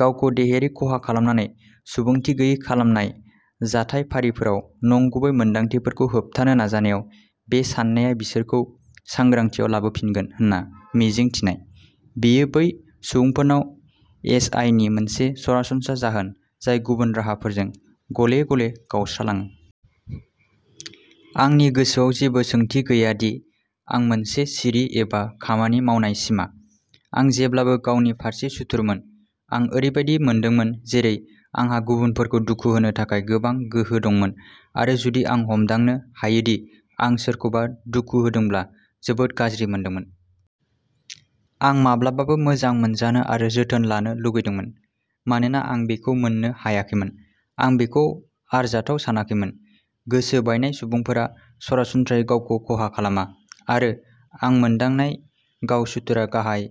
गावखौ देहायारि खहा खालामनानै सुबुंथि गैयै खालामनाय जाथायफारिफोराव नंगुबै मोन्दांथिफोरखौ होबथानो नाजानायाव बे सान्नाया बिसोरखौ सांग्रांथियाव लाबोफिनगोन होनना मिजिं थिनाय। बेयो बै सुबुंफोरनाव एस आइ नि मोनसे सरासनस्रा जाहोन जाय गुबुन राहाफोरजों गले-गले गावस्रालाङो। आंनि गोसोआव जेबो सोंथि गैया दि आं मोनसे सिरि एबा खामानि मावनाय सिमा। आं जेब्लाबो गावनि फारसे सुथुरमोन। आं ओरैबायदि मोनदोंमोन जेरै आंहा गुबुनफोरखौ दुखु होनो थाखाय गोबां गोहो दंमोन आरो जुदि आं हमदांनो हायोदि आं सोरखौबा दुखु होदोंब्ला जोबोद गाज्रि मोनदोंमोन। आं माब्लाबाबो मोजां मोनजानो आरो जोथोन लानो लुगैदोंमोन। मानोना आं बेखौ मोननो हायाखैमोन, आं बेखौ आरजाथाव सानाखैमोन। गोसो बायनाय सुबुंफोरा सरासनस्रायै गावखौ खहा खालामा, आरो आं मोनदांनाय गाव-सुथुरआ गाहाय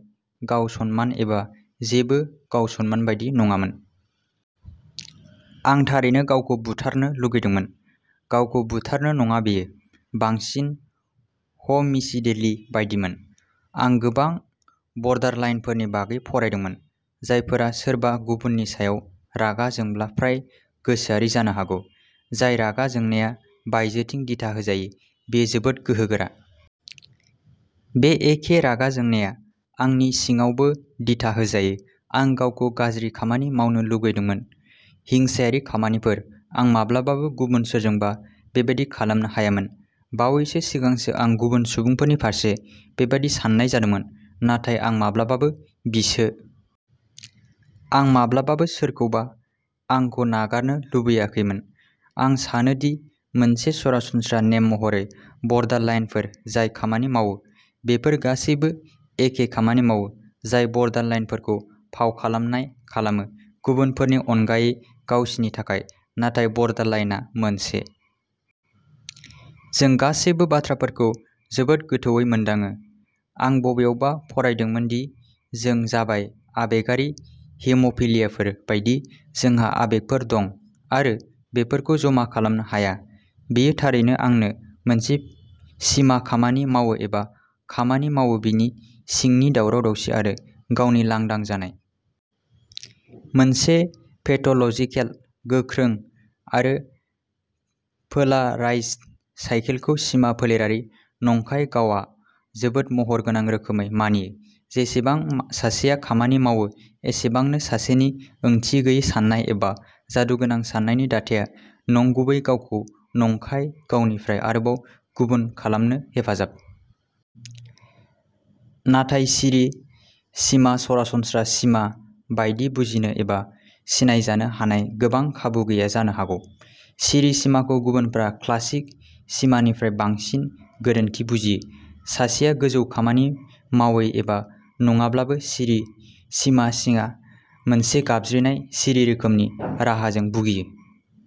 गाव-सनमान एबा जेबो गाव-सन्मान बायदि नङामोन। आं थारैनो गावखौ बुथारनो लुगैदोंमोन, गावखौ बुथारनो नङा बेयो। बांसिन ह'मिसिदेलि बायदिमोन। आं गोबां बर्डारलाइनफोरनि बागै फरायदोंमोन, जायफोरा सोरबा गुबुननि सायाव रागा जोंब्ला फ्राय गोसोआरि जानो हागौ। जाय रागा जोंनाया बायजोथिं दिथा होजायो, बेयो जोबोद गोहोगोरा आरो नोंखौ फ्राय नारसिन्नो हागौ। बे एखे रागा जोंनाया आंनि सिङावबो दिथा होजायो। आं गावखौ गाज्रि खामानि मावनो लुबैदोंमोन, हिंसायारि खामानिफोर। आं माब्लाबाबो गुबुन सोरजोंबा बेबादि खालामनो हायामोन। बावैसो सिगांसो आं गुबुन सुबुंफोरनि फारसे बेबादि साननाय जादोंमोन। नाथाय आं माब्लाबाबो बिसोरनि सायाव खामानि मावाखैमोन मानोना आंनि नागारनायनि गोख्रों गिनांगौनि थाखाय। आं माब्लाबाबो सोरखौबा आंखौ नागारनो लुबैयाखैमोन। आं सानो दि मोनसे सरासनस्रा नेम महरै बर्डारलाइनफोर जाय खामानि मावो, बेफोर गासैबो एखे खामानि मावो, जाय बर्डारलाइनफोरखौ फाव खालामनाय खालामो गुबुनफोरनि अनगायै गावसिनि थाखाय। नाथाय बर्डारलाइनआ मोनसे बर्डारलाइन। जों गासैबो बाथ्राफोरखौ जोबोद गोथौवै मोनदाङो। आं बबेयावबा फरायदोंमोन दि जों जाबाय आबेगारि हिम' फिलियाफोर बायदि जोंहा आबेगफोर दं आरो बेफोरखौ जमा खालामनो हाया। बेयो थारैनो आंनो मोनसे सिमा खामानि मावो एबा खामानि मावो बिनि सिंनि दावराव-दावसि आरो गावनि लांदां जानायनि फिथाया एखे। मोनसे पेथ'ल'जिकेल, गोख्रों, आरो पोलाराइज्ड साइकेलखौ सिमा फोलेरारि नंखाय गावआ जोबोद महरगोनां रोखोमै मानियो। जेसेबां सासेया खामानि मावो एसेबांनो सासेनि ओंथि गैयै साननाय एबा जादुगोनां साननायनि दाथाया नंगुबै गावखौ नंखाय गावनिफ्राय आरोबाव गुबुन खालामनो हेफाजाब होगोन। नाथाय सिरि सिमा सरासनस्रा सिमा बायदि बुजिनो एबा सिनायजानो हानाय गोबां खाबु गैया जानो हागौ। सिरि सिमाखौ गुबुनफोरा क्लासिक सिमानिख्रुइ बांसिन गोरोन्थि बुजियो। सासेया गोजौ खामानि मावै एबा नङाब्लाबो सिरि सिमा सिङा मोनसे गाबज्रिनाय सिरि रोखोमनि राहाजों भुगियो। सिरि सिमा सिन्थिया मोनसे हरखाब गोहोम खोख्लैनायखौ मोनदांनो नागिरो।